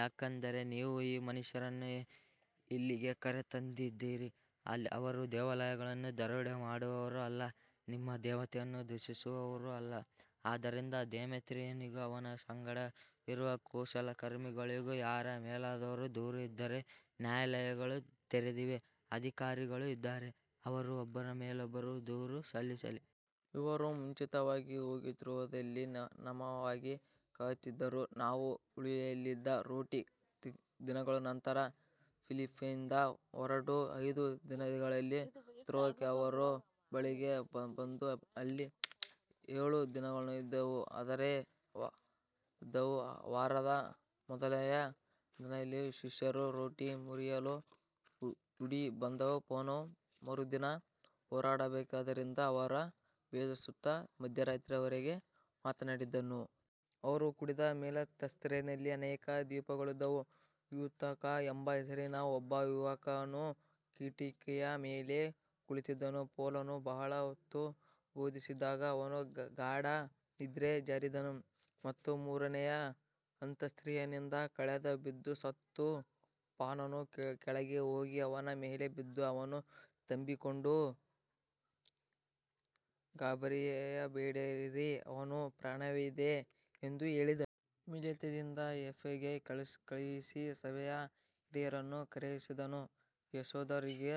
ಯಾಕಂದರೆ ನೀವು ಈ ಮನುಷ್ಯರನ್ನು ಇಲ್ಲಿಗೆ ಕರೆತಂದಿದ್ದೀರಿ, ಅವರು ದೇವಾಲಯಗಳನ್ನು ದರೋಡೆ ಮಾಡುವವರೂ ಅಲ್ಲ, ನಿಮ್ಮ ದೇವತೆಯನ್ನು ದೂಷಿಸುವವರೂ ಅಲ್ಲ. ಆದ್ದರಿಂದ ದೇಮೇತ್ರಿಯನಿಗೂ ಅವನ ಸಂಗಡ ಇರುವ ಕುಶಲಕರ್ಮಿಗಳಿಗೂ ಯಾರ ಮೇಲಾದರೂ ದೂರು ಇದ್ದರೆ ನ್ಯಾಯಾಲಯಗಳು ತೆರೆದಿವೆ, ಅಧಿಕಾರಿಗಳೂ ಇದ್ದಾರೆ, ಅವರು ಒಬ್ಬರ ಮೇಲೊಬ್ಬರು ದೂರು ಸಲ್ಲಿಸಲಿ. ಇವರು ಮುಂಚಿತವಾಗಿ ಹೋಗಿ ತ್ರೋವದಲ್ಲಿ ನಮಗಾಗಿ ಕಾಯುತ್ತಿದ್ದರು. ನಾವು ಹುಳಿಯಿಲ್ಲದ ರೊಟ್ಟಿಯ ದಿನಗಳ ನಂತರ ಫಿಲಿಪ್ಪಿಯಿಂದ ಹೊರಟು ಐದು ದಿನಗಳಲ್ಲಿ ತ್ರೋವಕ್ಕೆ ಅವರ ಬಳಿಗೆ ಬಂದು ಅಲ್ಲಿ ಏಳು ದಿನಗಳು ಇದ್ದೆವು. ವಾರದ ಮೊದಲನೆಯ ದಿನದಲ್ಲಿ ಶಿಷ್ಯರು ರೊಟ್ಟಿ ಮುರಿಯಲು ಕೂಡಿಬಂದಾಗ ಪೌಲನು ಮರುದಿನ ಹೊರಡಬೇಕಾಗಿದ್ದರಿಂದ ಅವರಿಗೆ ಬೋಧಿಸುತ್ತಾ ಮಧ್ಯರಾತ್ರಿಯವರೆಗೆ ಮಾತಾಡಿದನು. ಅವರು ಕೂಡಿದ್ದ ಮೇಲಂತಸ್ತಿನಲ್ಲಿ ಅನೇಕ ದೀಪಗಳಿದ್ದವು. ಯೂತುಕ ಎಂಬ ಹೆಸರಿನ ಒಬ್ಬ ಯುವಕನು ಕಿಟಕಿಯ ಮೇಲೆ ಕುಳಿತಿದ್ದನು. ಪೌಲನು ಬಹಳ ಹೊತ್ತು ಬೋಧಿಸುತ್ತಿದ್ದಾಗ ಅವನು ಗಾಢ ನಿದ್ರೆಗೆ ಜಾರಿದನು ಮತ್ತು ಮೂರನೆಯ ಅಂತಸ್ತಿನಿಂದ ಕೆಳಗೆ ಬಿದ್ದು ಸತ್ತನು. ಪೌಲನು ಕೆಳಗೆ ಹೋಗಿ ಅವನ ಮೇಲೆ ಬಿದ್ದು ಅವನನ್ನು ತಬ್ಬಿಕೊಂಡು, ಗಾಬರಿಯಾಗಬೇಡಿರಿ, ಅವನಲ್ಲಿ ಪ್ರಾಣವಿದೆ ಎಂದು ಹೇಳಿದನು. ಮಿಲೇತದಿಂದ ಎಫೆಸಿಗೆ ಕಳುಹಿಸಿ ಸಭೆಯ ಹಿರಿಯರನ್ನು ಕರೆಸಿದನು. ಯೆಹೂದ್ಯರಿಗೂ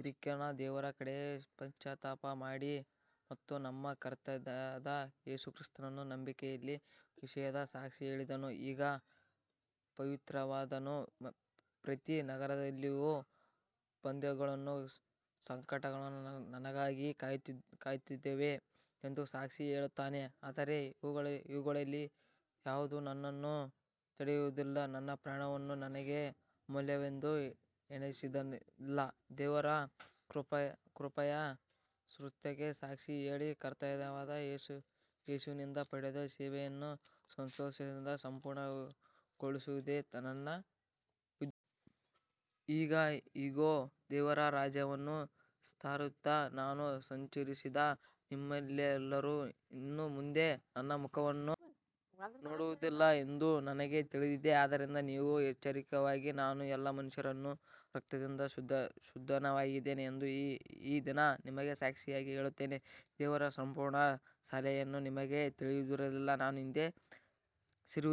ಗ್ರೀಕರಿಗೂ ದೇವರ ಕಡೆಗೆ ಪಶ್ಚಾತ್ತಾಪ ಮತ್ತು ನಮ್ಮ ಕರ್ತನಾದ ಯೇಸು ಕ್ರಿಸ್ತನಲ್ಲಿ ನಂಬಿಕೆಯ ವಿಷಯದಲ್ಲಿ ಸಾಕ್ಷಿ ಹೇಳಿದೆನು. ಈಗ ಪವಿತ್ರಾತ್ಮನು ಪ್ರತಿ ನಗರದಲ್ಲಿಯೂ ಬಂಧನಗಳೂ ಸಂಕಟಗಳೂ ನನಗಾಗಿ ಕಾಯುತ್ತಿವೆ ಎಂದು ಸಾಕ್ಷಿ ಹೇಳುತ್ತಾನೆ. ಆದರೆ ಇವುಗಳಲ್ಲಿ ಯಾವುದೂ ನನ್ನನ್ನು ತಡೆಯುವುದಿಲ್ಲ, ನನ್ನ ಪ್ರಾಣವನ್ನೂ ನನಗೆ ಅಮೂಲ್ಯವೆಂದು ಎಣಿಸುವುದಿಲ್ಲ, ದೇವರ ಕೃಪೆಯ ಸುವಾರ್ತೆಗೆ ಸಾಕ್ಷಿ ಹೇಳಲು ಕರ್ತನಾದ ಯೇಸುವಿನಿಂದ ಪಡೆದ ಸೇವೆಯನ್ನು ಸಂತೋಷದಿಂದ ಪೂರ್ಣಗೊಳಿಸುವುದೇ ನನ್ನ ಉದ್ದೇಶ. ಈಗ ಇಗೋ, ದೇವರ ರಾಜ್ಯವನ್ನು ಸಾರುತ್ತಾ ನಾನು ಸಂಚರಿಸಿದ ನಿಮ್ಮೆಲ್ಲರೂ ಇನ್ನು ಮುಂದೆ ನನ್ನ ಮುಖವನ್ನು ನೋಡುವುದಿಲ್ಲ ಎಂದು ನನಗೆ ತಿಳಿದಿದೆ. ಆದ್ದರಿಂದ ನೀವು ಎಚ್ಚರವಾಗಿರಿ, ನಾನು ಎಲ್ಲಾ ಮನುಷ್ಯರ ರಕ್ತದಿಂದ ಶುದ್ಧನಾಗಿದ್ದೇನೆ ಎಂದು ಈ ದಿನ ನಿಮಗೆ ಸಾಕ್ಷಿಯಾಗಿ ಹೇಳುತ್ತೇನೆ. ದೇವರ ಸಂಪೂರ್ಣ ಸಲಹೆಯನ್ನು ನಿಮಗೆ ತಿಳಿಸುವುದರಲ್ಲಿ ನಾನು ಹಿಂದೆ ಸರಿಯಲಿಲ್ಲ.